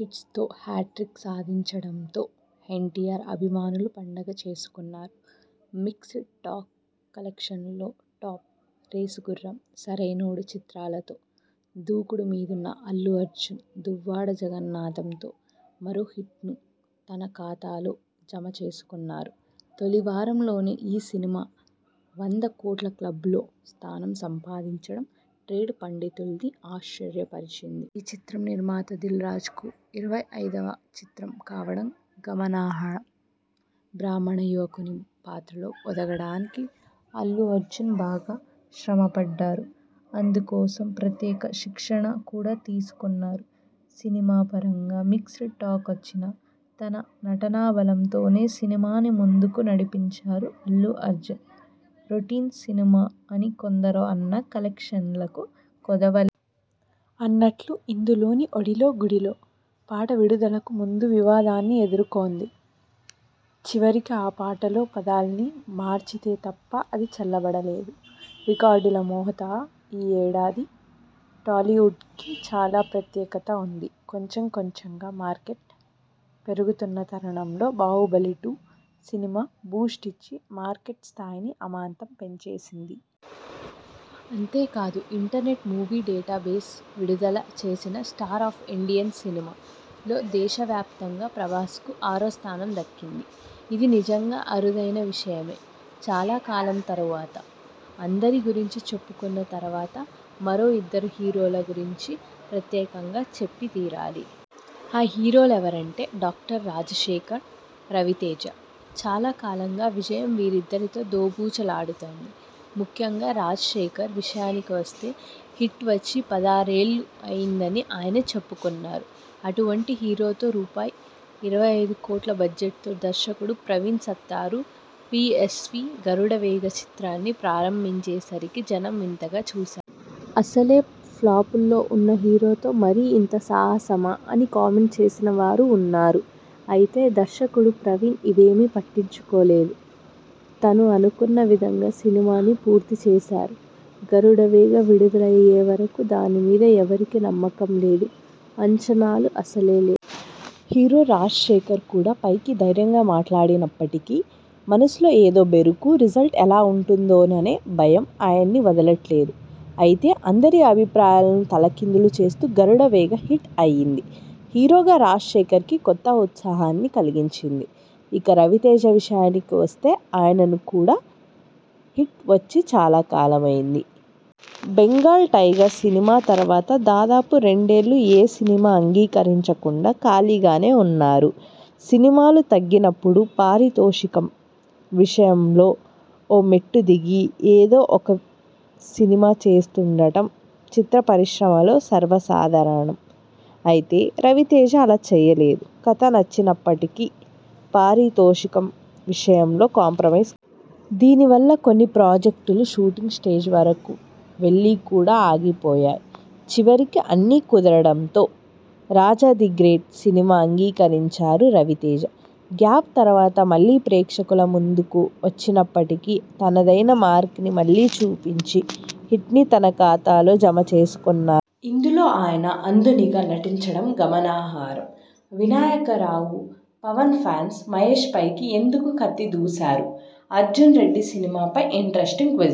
హిట్స్తో hattrick సాదించడంతో ఎన్టీఆర్ అభిమానులు పండగ చేసుకొన్నారు. మిక్స్డ్ టాక్ లెక్షన్లు టాప్! 'రేసుగుర్రం', 'సరైనోడు' చిత్రాలతో దూకుడు మీదున్న అల్లు అర్జున్ 'దువ్వాడ జగన్నాథమ్'తో మరో హిట్ను తన ఖాతాలో జమ చేసుకొన్నారు. తొలి వారంలోనే ఈ సినిమా వంద కోట్ల క్లబ్లో స్థానం సంపాదించడం ట్రేడ్ పండితుల్ని ఆశ్చర్యపరిచింది. ఈ చిత్రం నిర్మాత దిల్ రాజుకు ఇరవై ఐదు వ చిత్రం కావడం గమనార్హ బ్రాహ్మణ యువకుని పాత్రలో ఒదగడానికి అల్లు అర్జున్ బాగా శ్రమ పడ్డారు. అందుకోసం ప్రత్యేక శిక్షణ కూడా తీసుకొన్నారు. సినిమాపరంగా మిక్స్డ్ టాక్ వచ్చినా, తన నటనాబలంతోనే సినిమాని ముందుకు నడిపించారు అల్లు అర్జున్, రొటీన్ సినిమా అని కొందరూ అన్నా కలెక్షన్లకు కొదవలే. అన్నట్లు ఇందులోని 'బడిలో గుడిలో.. ' పాట విడుదలకు ముందు వివాదాన్ని ఎదుర్కొంది. చివరికి ఆ పాటలో పదాల్ని మార్చితే తప్ప అది చల్లబడలేదు. రికార్డుల మోతఈ ఏడాది టాలీవుడ్ కి చాలా ప్రత్యేకత ఉంది. కొంచెం కొంచెంగా మార్కెట్ పెరుగుతున్న తరుణంలో 'బాహుబలి టూ సినిమా బూస్ట్ ఇచ్చి మార్కెట్స్ స్థాయిని అమాంతం పెంచేసింది. అంతే కాదు ఇంటర్నెట్ మూవీ డేటా బేస్ విడుదల చేసిన 'స్టార్ ఆఫ్ ఇండియన్ సినిమా ' లో దేశవ్యాప్తంగా ప్రభా్సకు ఆరో స్థానం దక్కింది. ఇది నిజంగా అరుదైన విషయమే. చాలా కాలం తరువాత.. అందరి గురించి చెప్పుకొన్న తర్వాత మరో ఇద్దరు హీరోల గురించి ప్రత్యేకంగా చెప్పి తీరాలి. ఆ హీరోలెవరంటే.. డాక్టర్ రాజశేఖర్, రవితేజ. చాలా కాలంగా విజయం వీరిద్దరితో దోబూచులాడుతోంది. ముఖ్యంగా రాజశేఖర్ విషయానికి వస్తే హిట్ వచ్చి పదహారు ఏళ్లు అయిందని ఆయనే చెప్పుకొన్నారు. అటువంటి హీరోతో రూ. ఇరవై ఐదు కోట్ల బడ్జెట్తో దర్శకుడు ప్రవీణ్ సత్తారు 'పీయస్వీ గరుడవేగ' చిత్రాన్ని ప్రారంభించేసరికి జనం వింతగా చూశా అసలే ప్లాపుల్లో ఉన్న హీరోతో మరీ ఇంత సాహసమా అని కామెంట్ చేసిన వారూ ఉన్నారు. అయితే దర్శకుడు ప్రవీణ్ ఇవేమీ పట్టించుకోలేదు. తను అనుకొన్న విధంగా సినిమాని పూర్తి చేశారు. 'గరుడవేగ' విడుదలయ్యేవరకూ దాని మీద ఎవరికీ నమ్మకం లేదు. అంచనాలు అసలే లే హీరో రాజశేఖర్ కూడా పైకి ధైర్యంగా మాట్లాడినప్పటికీ మనసులో ఏదో బెరుకు, రిజల్ట్ ఎలా ఉంటుందోననే భయం ఆయన్ని వదల్లేదు. అయితే అందరి అభిప్రాయాలనూ తలకిందులు చేస్తూ 'గరుడవేగ' హిట్ అయింది. హీరోగా రాజశేఖర్కి కొత్త ఉత్సాహాన్ని కలిగించింది. ఇక రవితేజ విషయానికి వస్తే.. ఆయనను కూడా హిట్ వచ్చి చాలా కాలమైంది. 'బెంగాల్ టైగర్' సినిమా తర్వాత దాదాపు రెండేళ్లు ఏ సినిమా అంగీకరించకుండా ఖాళీగానే ఉన్నారు. సినిమాలు తగ్గినప్పుడు పారితోషికం విషయంలో ఓ మెట్టు దిగి, ఏదో ఒక సినిమా చేస్తుండటం చిత్రపరిశ్రమలో సర్వసాధారణం. అయితే రవితేజ అలా చేయలేదు. కథ నచ్చినప్పటికీ పారితోషికం విషయంలో కాంప్రమైజ్ దీని వల్ల కొన్ని ప్రాజెక్టులు షూటింగ్ స్టేజ్ వరకూ వెళ్లి కూడా ఆగిపోయాయి. చివరికి అన్నీ కుదరడంతో 'రాజా ది గ్రేట్' సినిమా అంగీకరించారు రవితేజ. గ్యాప్ తర్వాత మళ్లీ ప్రేక్షకుల ముందుకు వచ్చినప్పటికీ తనదైన మార్క్ని మళ్లీ చూపించి, హిట్ని తన ఖాతాలో జమ చేసుకొన్నా ఇందులో ఆయన అంధునిగా నటించడం గమనాహరం. వినాయకరావు పవన్ ఫ్యాన్స్ మహేశ్పైకి ఎందుకు 'కత్తి' దూశారు? అర్జున్రెడ్డి సినిమాపై ఇంట్రెస్టింగ్ క్విజ్।